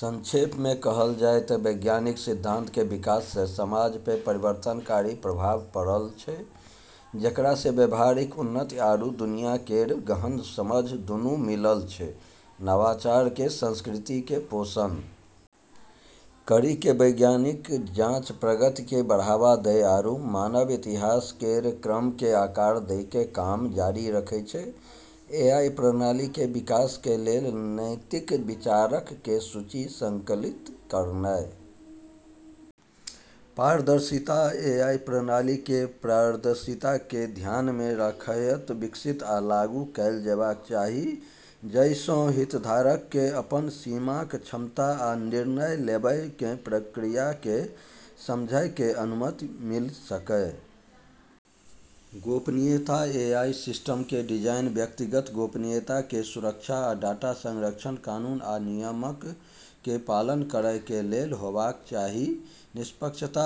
संक्षेप में कहलऽ जाय ते वैज्ञानिक सिद्धांतऽ के विकास से समाज पे परिवर्तनकारी प्रभाव पड़लऽ छै जेकरा से व्यावहारिक उन्नति आरू दुनिया केरऽ गहन समझ दूनू मिललऽ छै, नवाचार के संस्कृति के पोषण करी के वैज्ञानिक जांच प्रगति के बढ़ावा दै आरू मानव इतिहास केरऽ क्रम के आकार दै के काम जारी रखै छै, एआई प्रणाली कें विकास कें लेल नैतिक विचारक कें सूची संकलित करनाय, पारदर्शिता एआई प्रणाली कें पारदर्शिता कें ध्यान मे रखयत विकसित आ लागू कैल जेबाक चाही, जइ सं हितधारक कें अपन सीमाक, क्षमता आ निर्णय लेवय कें प्रक्रिया कें समझय कें अनुमति मिल सकय, गोपनीयता एआई सिस्टम कें डिजाइन व्यक्तिगत गोपनीयता कें सुरक्षा आ डाटा संरक्षण कानून आ नियमक कें पालन करय कें लेल होबाक चाही, निष्पक्षता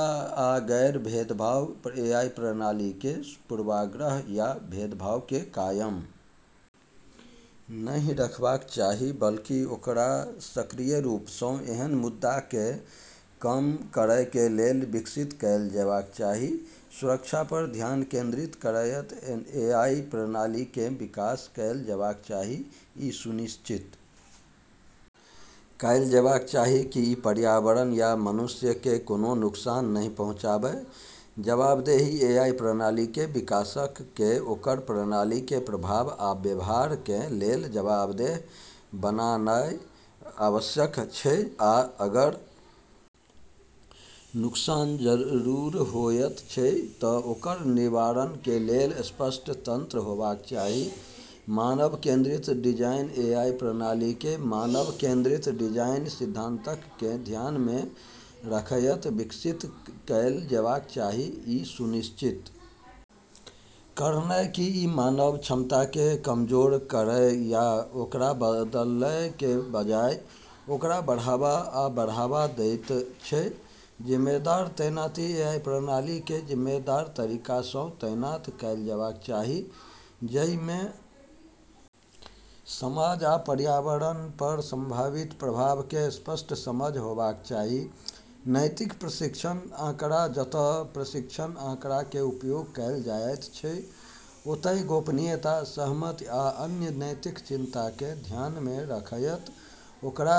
आ गैर-भेदभाव एआई प्रणाली कें पूर्वाग्रह या भेदभाव कें कायम नहि रखबाक चाही बल्कि ओकरा सक्रिय रूप सं ऐहन मुद्दाक कें कम करय कें लेल विकसित कैल जेबाक चाही, सुरक्षा पर ध्यान केंद्रित करयत एआई प्रणालीक कें विकास कैल जेबाक चाही, इ सुनिश्चित कैल जेबाक चाही की इ पर्यावरण या मनुष्यक कें कोनों नुकसान नहि पहुंचाबय, जवाबदेही एआई प्रणाली कें विकासक कें ओकर प्रणाली कें प्रभाव आ व्यवहार कें लेल जवाबदेह बनानाय आवश्यक छै आ अगर नुकसान जरूर होयत छै त ओकर निवारण कें लेल स्पष्ट तंत्र होबाक चाही, मानव केंद्रित डिजाइन एआई प्रणाली कें मानव केंद्रित डिजाइन सिद्धांतक कें ध्यान मे रखयत विकसित कैल जेबाक चाही, इ सुनिश्चित करनाय की इ मानव क्षमता कें कमजोर करय या ओकरा बदलय कें बजाय ओकरा बढ़ावा आ बढ़ावा देयत छै, जिम्मेदार तैनाती एआई प्रणाली कें जिम्मेदार तरीका सं तैनात कैल जेबाक चाही, जइ मे समाज आ पर्यावरण पर संभावित प्रभाव कें स्पष्ट समझ होबाक चाही, नैतिक प्रशिक्षण आंकड़ा जत प्रशिक्षण आंकड़ा कें उपयोग कैल जायत छै ओतय गोपनीयता, सहमति आ अन्य नैतिक चिंता कें ध्यान मे रखयत ओकरा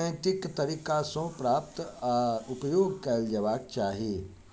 नैतिक तरीका सं प्राप्त आ उपयोग कैल जेबाक चाही।